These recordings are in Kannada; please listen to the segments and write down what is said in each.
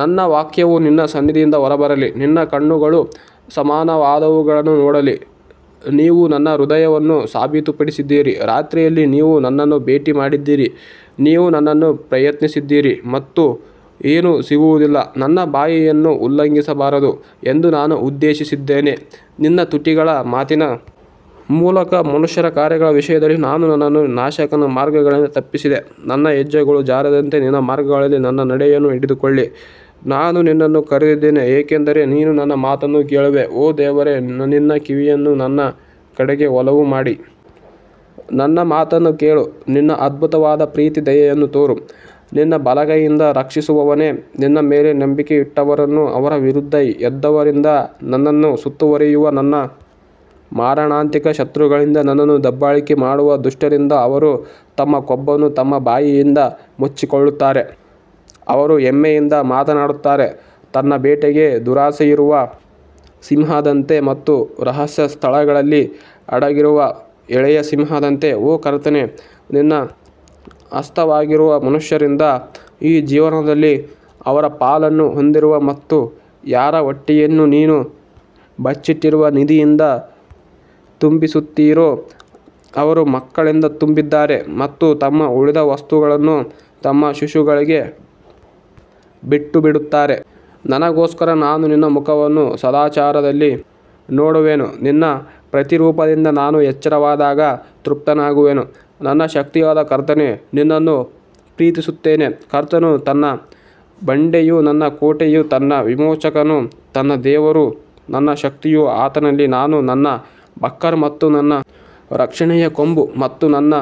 ನನ್ನ ವಾಕ್ಯವು ನಿನ್ನ ಸನ್ನಿಧಿಯಿಂದ ಹೊರಬರಲಿ, ನಿನ್ನ ಕಣ್ಣುಗಳು ಸಮಾನವಾದವುಗಳನ್ನು ನೋಡಲಿ ನೀವು ನನ್ನ ಹೃದಯವನ್ನು ಸಾಬೀತುಪಡಿಸಿದ್ದೀರಿ, ರಾತ್ರಿಯಲ್ಲಿ ನೀವು ನನ್ನನ್ನು ಭೇಟಿ ಮಾಡಿದ್ದೀರಿ, ನೀವು ನನ್ನನ್ನು ಪ್ರಯತ್ನಿಸಿದ್ದೀರಿ ಮತ್ತು ಏನೂ ಸಿಗುವುದಿಲ್ಲ, ನನ್ನ ಬಾಯಿಯನ್ನು ಉಲ್ಲಂಘಿಸಬಾರದು ಎಂದು ನಾನು ಉದ್ದೇಶಿಸಿದ್ದೇನೆ ನಿನ್ನ ತುಟಿಗಳ ಮಾತಿನ ಮೂಲಕ ಮನುಷ್ಯರ ಕಾರ್ಯಗಳ ವಿಷಯದಲ್ಲಿ ನಾನು ನನ್ನನ್ನು ನಾಶಕನ ಮಾರ್ಗಗಳಿಂದ ತಪ್ಪಿಸಿದೆ ನನ್ನ ಹೆಜ್ಜೆಗಳು ಜಾರದಂತೆ ನಿನ್ನ ಮಾರ್ಗಗಳಲ್ಲಿ ನನ್ನ ನಡೆಯನ್ನು ಹಿಡಿದುಕೊಳ್ಳಿ ನಾನು ನಿನ್ನನ್ನು ಕರೆದಿದ್ದೇನೆ ಏಕೆಂದರೆ ನೀನು ನನ್ನ ಮಾತನ್ನು ಕೇಳುವೆ ಓ ದೇವರೇ ನಿನ್ನ ಕಿವಿಯನ್ನು ನನ್ನ ಕಡೆಗೆ ಒಲವು ಮಾಡಿ ನನ್ನ ಮಾತನ್ನು ಕೇಳು ನಿನ್ನ ಅದ್ಭುತವಾದ ಪ್ರೀತಿ ದಯೆಯನ್ನು ತೋರು, ನಿನ್ನ ಬಲಗೈಯಿಂದ ರಕ್ಷಿಸುವವನೇ, ನಿನ್ನ ಮೇಲೆ ನಂಬಿಕೆ ಇಟ್ಟವರನ್ನು ಅವರ ವಿರುದ್ಧ ಎದ್ದವರಿಂದ ನನ್ನನ್ನು ಸುತ್ತುವರಿಯುವ ನನ್ನ ಮಾರಣಾಂತಿಕ ಶತ್ರುಗಳಿಂದ ನನ್ನನ್ನು ದಬ್ಬಾಳಿಕೆ ಮಾಡುವ ದುಷ್ಟರಿಂದ ಅವರು ತಮ್ಮ ಕೊಬ್ಬನ್ನು ತಮ್ಮ ಬಾಯಿಯಿಂದ ಮುಚ್ಚಿಕೊಳ್ಳುತ್ತಾರೆ, ಅವರು ಹೆಮ್ಮೆಯಿಂದ ಮಾತನಾಡುತ್ತಾರೆ ತನ್ನ ಬೇಟೆಗೆ ದುರಾಸೆಯಿರುವ ಸಿಂಹದಂತೆ ಮತ್ತು ರಹಸ್ಯ ಸ್ಥಳಗಳಲ್ಲಿ ಅಡಗಿರುವ ಎಳೆಯ ಸಿಂಹದಂತೆ ಓ ಕರ್ತನೇ, ನಿನ್ನ ಹಸ್ತವಾಗಿರುವ ಮನುಷ್ಯರಿಂದ ಈ ಜೀವನದಲ್ಲಿ ಅವರ ಪಾಲನ್ನು ಹೊಂದಿರುವ ಮತ್ತು ಯಾರ ಹೊಟ್ಟೆಯನ್ನು ನೀನು ಬಚ್ಚಿಟ್ಟಿರುವ ನಿಧಿಯಿಂದ ತುಂಬಿಸುತ್ತೀರೋ ಅವರು ಮಕ್ಕಳಿಂದ ತುಂಬಿದ್ದಾರೆ ಮತ್ತು ತಮ್ಮ ಉಳಿದ ವಸ್ತುಗಳನ್ನು ತಮ್ಮ ಶಿಶುಗಳಿಗೆ ಬಿಟ್ಟುಬಿಡುತ್ತಾರೆ. ನನಗೋಸ್ಕರ ನಾನು ನಿನ್ನ ಮುಖವನ್ನು ಸದಾಚಾರದಲ್ಲಿ ನೋಡುವೆನು ನಿನ್ನ ಪ್ರತಿರೂಪದಿಂದ ನಾನು ಎಚ್ಚರವಾದಾಗ ತೃಪ್ತನಾಗುವೆನು ನನ್ನ ಶಕ್ತಿಯಾದ ಕರ್ತನೇ ನಿನ್ನನ್ನು ಪ್ರೀತಿಸುತ್ತೇನೆ ಕರ್ತನು ನನ್ನ ಬಂಡೆಯೂ ನನ್ನ ಕೋಟೆಯೂ ನನ್ನ ವಿಮೋಚಕನು ನನ್ನ ದೇವರು ನನ್ನ ಶಕ್ತಿಯೂ ಆತನಲ್ಲಿ ನಾನು ನನ್ನ ಬಕ್ಕರ್ ಮತ್ತು ನನ್ನ ರಕ್ಷಣೆಯ ಕೊಂಬು ಮತ್ತು ನನ್ನ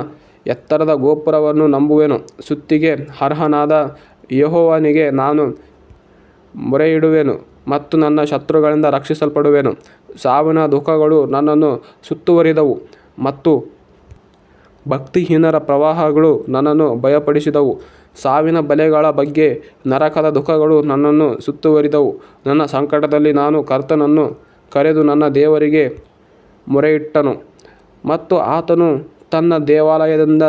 ಎತ್ತರದ ಗೋಪುರವನ್ನು ನಂಬುವೆನು ಸ್ತುತಿಗೆ ಅರ್ಹನಾದ ಯೆಹೋವನಿಗೆ ನಾನು ಮೊರೆಯಿಡುವೆನು ಮತ್ತು ನನ್ನ ಶತ್ರುಗಳಿಂದ ರಕ್ಷಿಸಲ್ಪಡುವೆನು ಸಾವಿನ ದುಃಖಗಳು ನನ್ನನ್ನು ಸುತ್ತುವರಿದವು ಮತ್ತು ಭಕ್ತಿಹೀನರ ಪ್ರವಾಹಗಳು ನನ್ನನ್ನು ಭಯಪಡಿಸಿದವು ಸಾವಿನ ಬಲೆಗಳ ಬಗ್ಗೆ ನರಕದ ದುಃಖಗಳು ನನ್ನನ್ನು ಸುತ್ತುವರಿದವು ನನ್ನ ಸಂಕಟದಲ್ಲಿ ನಾನು ಕರ್ತನನ್ನು ಕರೆದು ನನ್ನ ದೇವರಿಗೆ ಮೊರೆಯಿಟ್ಟನು ಮತ್ತು ಆತನು ತನ್ನ ದೇವಾಲಯದಿಂದ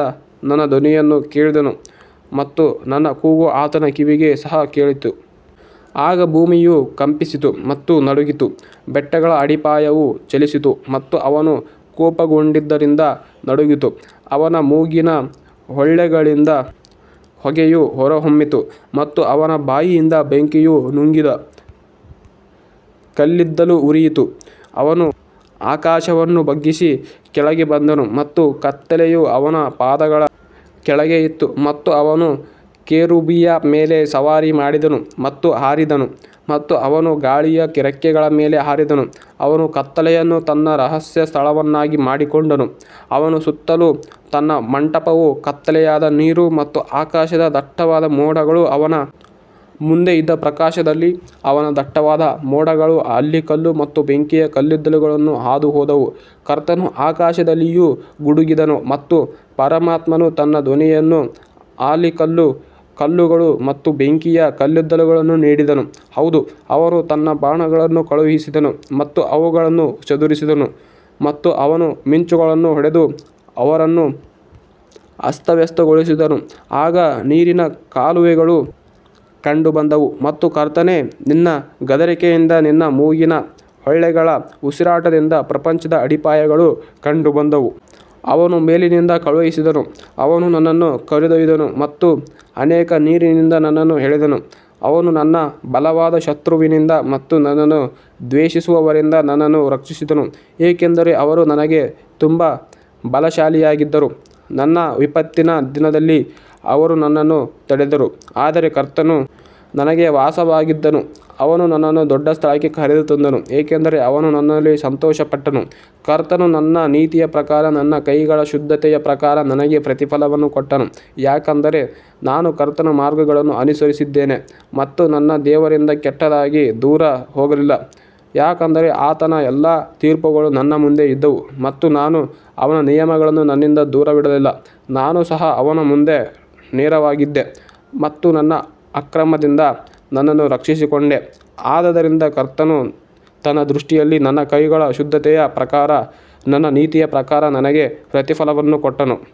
ನನ್ನ ಧ್ವನಿಯನ್ನು ಕೇಳಿದನು ಮತ್ತು ನನ್ನ ಕೂಗು ಆತನ ಕಿವಿಗೆ ಸಹ ಕೇಳಿತು. ಆಗ ಭೂಮಿಯು ಕಂಪಿಸಿತು ಮತ್ತು ನಡುಗಿತು, ಬೆಟ್ಟಗಳ ಅಡಿಪಾಯವೂ ಚಲಿಸಿತು ಮತ್ತು ಅವನು ಕೋಪಗೊಂಡಿದ್ದರಿಂದ ನಡುಗಿತು. ಅವನ ಮೂಗಿನ ಹೊಳ್ಳೆಗಳಿಂದ ಹೊಗೆಯು ಹೊರಹೊಮ್ಮಿತು ಮತ್ತು ಅವನ ಬಾಯಿಯಿಂದ ಬೆಂಕಿಯು ನುಂಗಿದ ಕಲ್ಲಿದ್ದಲು ಉರಿಯಿತು. ಅವನು ಆಕಾಶವನ್ನೂ ಬಗ್ಗಿಸಿ ಕೆಳಗೆ ಬಂದನು ಮತ್ತು ಕತ್ತಲೆಯು ಅವನ ಪಾದಗಳ ಕೆಳಗೆ ಇತ್ತು ಮತ್ತು ಅವನು ಕೆರೂಬಿಯ ಮೇಲೆ ಸವಾರಿ ಮಾಡಿದನು ಮತ್ತು ಹಾರಿದನು ಮತ್ತು ಅವನು ಗಾಳಿಯ ರೆಕ್ಕೆಗಳ ಮೇಲೆ ಹಾರಿದನು ಅವನು ಕತ್ತಲೆಯನ್ನು ತನ್ನ ರಹಸ್ಯ ಸ್ಥಳವನ್ನಾಗಿ ಮಾಡಿಕೊಂಡನು, ಅವನ ಸುತ್ತಲೂ ತನ್ನ ಮಂಟಪವು ಕತ್ತಲೆಯಾದ ನೀರು ಮತ್ತು ಆಕಾಶದ ದಟ್ಟವಾದ ಮೋಡಗಳು ಅವನ ಮುಂದೆ ಇದ್ದ ಪ್ರಕಾಶದಲ್ಲಿ ಅವನ ದಟ್ಟವಾದ ಮೋಡಗಳು ಆಲಿಕಲ್ಲು ಮತ್ತು ಬೆಂಕಿಯ ಕಲ್ಲಿದ್ದಲುಗಳನ್ನು ಹಾದುಹೋದವು ಕರ್ತನು ಆಕಾಶದಲ್ಲಿಯೂ ಗುಡುಗಿದನು ಮತ್ತು ಪರಮಾತ್ಮನು ತನ್ನ ಧ್ವನಿಯನ್ನು ಆಲಿಕಲ್ಲು ಕಲ್ಲುಗಳು ಮತ್ತು ಬೆಂಕಿಯ ಕಲ್ಲಿದ್ದಲುಗಳನ್ನು ನೀಡಿದನು ಹೌದು ಅವನು ತನ್ನ ಬಾಣಗಳನ್ನು ಕಳುಹಿಸಿದನು ಮತ್ತು ಅವುಗಳನ್ನು ಚದುರಿಸಿದನು ಮತ್ತು ಅವನು ಮಿಂಚುಗಳನ್ನು ಹೊಡೆದು ಅವರನ್ನು ಅಸ್ತವ್ಯಸ್ತಗೊಳಿಸಿದನು ಆಗ ನೀರಿನ ಕಾಲುವೆಗಳು ಕಂಡುಬಂದವು ಮತ್ತು ಕರ್ತನೇ ನಿನ್ನ ಗದರಿಕೆಯಿಂದ ನಿನ್ನ ಮೂಗಿನ ಹೊಳ್ಳೆಗಳ ಉಸಿರಾಟದಿಂದ ಪ್ರಪಂಚದ ಅಡಿಪಾಯಗಳು ಕಂಡುಬಂದವು. ಅವನು ಮೇಲಿನಿಂದ ಕಳುಹಿಸಿದನು ಅವನು ನನ್ನನ್ನು ಕರೆದೊಯ್ದನು ಮತ್ತು ಅನೇಕ ನೀರಿನಿಂದ ನನ್ನನ್ನು ಎಳೆದನು ಅವನು ನನ್ನ ಬಲವಾದ ಶತ್ರುವಿನಿಂದ ಮತ್ತು ನನ್ನನ್ನು ದ್ವೇಷಿಸುವವರಿಂದ ನನ್ನನ್ನು ರಕ್ಷಿಸಿದನು ಏಕೆಂದರೆ ಅವರು ನನಗೆ ತುಂಬಾ ಬಲಶಾಲಿಯಾಗಿದ್ದರು ನನ್ನ ವಿಪತ್ತಿನ ದಿನದಲ್ಲಿ ಅವರು ನನ್ನನ್ನು ತಡೆದರು ಆದರೆ ಕರ್ತನು ನನಗೆ ವಾಸವಾಗಿದ್ದನು ಅವನು ನನ್ನನ್ನು ದೊಡ್ಡ ಸ್ಥಳಕ್ಕೆ ಕರೆತಂದನು, ಏಕೆಂದರೆ ಅವನು ನನ್ನಲ್ಲಿ ಸಂತೋಷಪಟ್ಟನು ಕರ್ತನು ನನ್ನ ನೀತಿಯ ಪ್ರಕಾರ ನನ್ನ ಕೈಗಳ ಶುದ್ಧತೆಯ ಪ್ರಕಾರ ನನಗೆ ಪ್ರತಿಫಲವನ್ನು ಕೊಟ್ಟನು ಯಾಕಂದರೆ ನಾನು ಕರ್ತನ ಮಾರ್ಗಗಳನ್ನು ಅನುಸರಿಸಿದ್ದೇನೆ ಮತ್ತು ನನ್ನ ದೇವರಿಂದ ಕೆಟ್ಟದಾಗಿ ದೂರ ಹೋಗಲಿಲ್ಲ ಯಾಕಂದರೆ ಆತನ ಎಲ್ಲಾ ತೀರ್ಪುಗಳು ನನ್ನ ಮುಂದೆ ಇದ್ದವು ಮತ್ತು ನಾನು ಅವನ ನಿಯಮಗಳನ್ನು ನನ್ನಿಂದ ದೂರವಿಡಲಿಲ್ಲ ನಾನು ಸಹ ಅವನ ಮುಂದೆ ನೇರವಾಗಿದ್ದೆ ಮತ್ತು ನನ್ನ ಅಕ್ರಮದಿಂದ ನನ್ನನ್ನು ರಕ್ಷಿಸಿಕೊಂಡೆ ಆದದರಿಂದ ಕರ್ತನು ತನ್ನ ದೃಷ್ಟಿಯಲ್ಲಿ ನನ್ನ ಕೈಗಳ ಶುದ್ಧತೆಯ ಪ್ರಕಾರ ನನ್ನ ನೀತಿಯ ಪ್ರಕಾರ ನನಗೆ ಪ್ರತಿಫಲವನ್ನು ಕೊಟ್ಟನು.